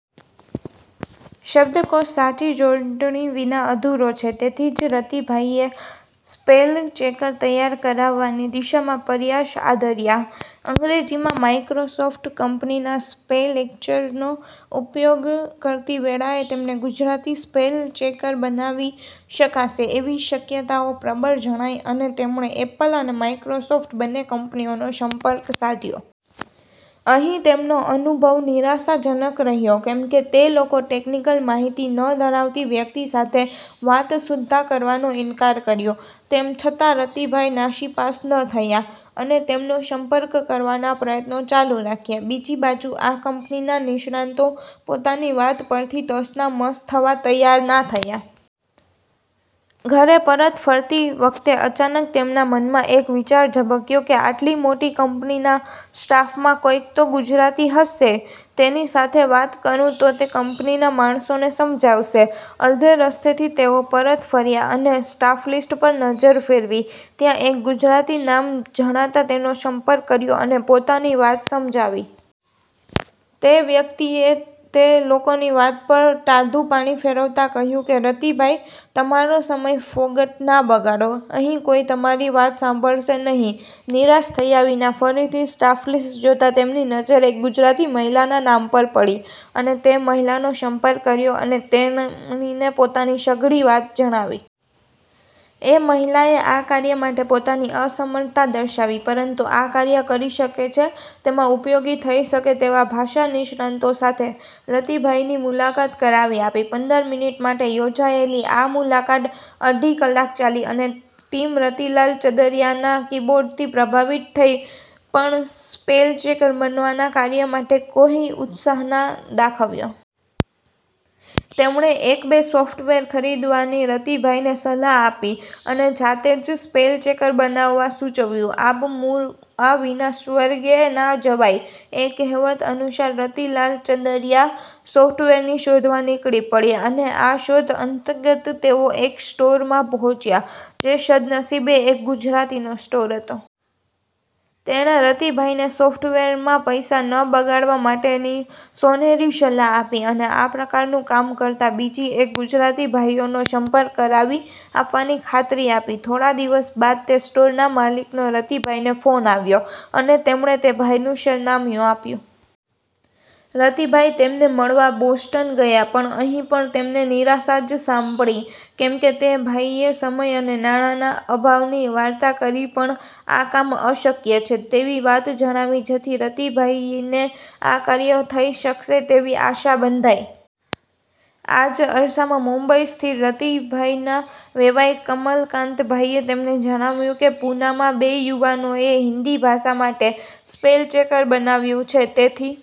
શબ્દકોશ સાચી જોડણી વિના અધૂરો છે તેથી જ રતિભાઈએ સ્પેલચેકર તૈયાર કરાવવાની દિશામાં પ્રયાસ આદર્યા. અંગ્રેજીમાં માઇક્રોસોફ્ટ કંપનીના સ્પેલચેકરનો ઉપયોગ કરતી વેળાએ તેમને ગુજરાતી સ્પેલચેકર બનાવી શકાશે એવી શક્યતાઓ પ્રબળ જણાઈ અને તેમણે એપલ અને માઇક્રોસોફ્ટ બન્ને કંપનીઓનો સંપર્ક સાધ્યો. અહીં તેમનો અનુભવ નિરાશાજનક રહ્યો કેમકે તે લોકો ટેક્નિકલ માહિતી ન ધરાવતી વ્યક્તિ સાથે વાત સુદ્ધાં કરવાનો ઇન્કાર કર્યો. તેમ છતાં રતિભાઈ નાસીપાસ ન થયા અને તેમનો સંપર્ક કરવાના પ્રયત્નો ચાલુ રાખ્યા. બીજી બાજુ આ કંપનીના નિષ્ણાતો પોતાની વાત પરથી ટસના મસ થવા તૈયાર ના થયા. ઘરે પરત ફરતી વખતે અચાનક તેમના મનમાં એક વિચાર ઝબકયો કે આટલી મોટી કંપનીના સ્ટાફમાં કોઈક તો ગુજરાતી હશે, તેની સાથે વાત કરું તો તે કંપનીના માણસોને સમજાવશે. અડધે રસ્તેથી તેઓ પરત ફર્યા અને સ્ટાફલિસ્ટ પર નજર ફેરવી, ત્યાં એક ગુજરાતી નામ જણાતાં તેનો સંપર્ક કર્યો અને પોતાની વાત સમજાવી. તે વ્યક્તિએ તે લોકોની વાત પર ટાઢું પાણી ફેરવતાં કહ્યું કે, રતિભાઈ તમારો સમય ફોગટ ના બગાડો, અહીં કોઈ તમારી વાત સાંભળશે નહીં. નિરાશ થયા વિના ફરીથી સ્ટાફલિસ્ટ જોતાં તેમની નજર એક ગુજરાતી મહિલાના નામ પર પડી અને તે મહિલાનો સંપર્ક કર્યો અને તેણીને પોતાની સઘળી વાત જણાવી. એ મહિલાએ આ કાર્ય માટે પોતાની અસમર્થતા દર્શાવી પરંતુ આ કાર્ય કરી શકે કે તેમાં ઉપયોગી થઈ શકે તેવા ભાષાનિષ્ણાતો સાથે રતિભાઈની મુલાકાત કરાવી આપી. પંદર મિનિટ માટે યોજાયેલી આ મુલાકાત અઢી કલાક ચાલી અને આ ટીમ રતિલાલ ચંદરયાના કીબોર્ડથી પ્રભાવિત થઈ પણ સ્પેલચેકર બનાવવાના કાર્ય માટે કોઈ ઉત્સાહ ના દાખવ્યો. તેમણે એક બે સોફ્ટવેર ખરીદવાની રતિભાઈને સલાહ આપી અને જાતે જ સ્પેલચેકર બનાવવા સૂચવ્યું. આપ મૂઆ વિના સ્વર્ગે ના જવાય એ કહેવત અનુસાર રતિલાલ ચંદરયા સોફ્ટવેરની શોધમાં નીકળી પડ્યા અને આ શોધ અંતર્ગત તેઓ એક સ્ટોરમાં પહોંચ્યા જે સદ્નસીબે એક ગુજરાતીનો સ્ટોર હતો. તેણે રતિભાઈને સોફ્ટવેરમાં પૈસા ન બગાડવા માટેની સોનેરી સલાહ આપી અને આ પ્રકારનું કામ કરતાં બીજા એક ગુજરાતીભાઈનો સંપર્ક કરાવી આપવાની ખાતરી આપી. થોડા દિવસ બાદ તે સ્ટોરના માલિકનો રતિભાઈને ફોન આવ્યો અને તેમણે તે ભાઈનું સરનામું આપ્યું. રતિભાઈ તેમને મળવા બોસ્ટન ગયા પણ અહીં પણ તેમને નિરાશા જ સાંપડી કેમકે તે ભાઈએ સમય અને નાણાંના અભાવની વાત કરી પણ આ કામ શક્ય છે તેવી વાત જણાવી જેથી રતિભાઈને આ કાર્ય થઈ શકશે તેવી આશા બંધાઈ. આ જ અરસામાં મુંબઈ સ્થિત રતિભાઈના વેવાઈ કમલકાંતભાઈએ તેમને જણાવ્યું કે પૂનામાં બે યુવાનોએ હિન્દી ભાષા માટે સ્પેલચેકર બનાવ્યું છે તેથી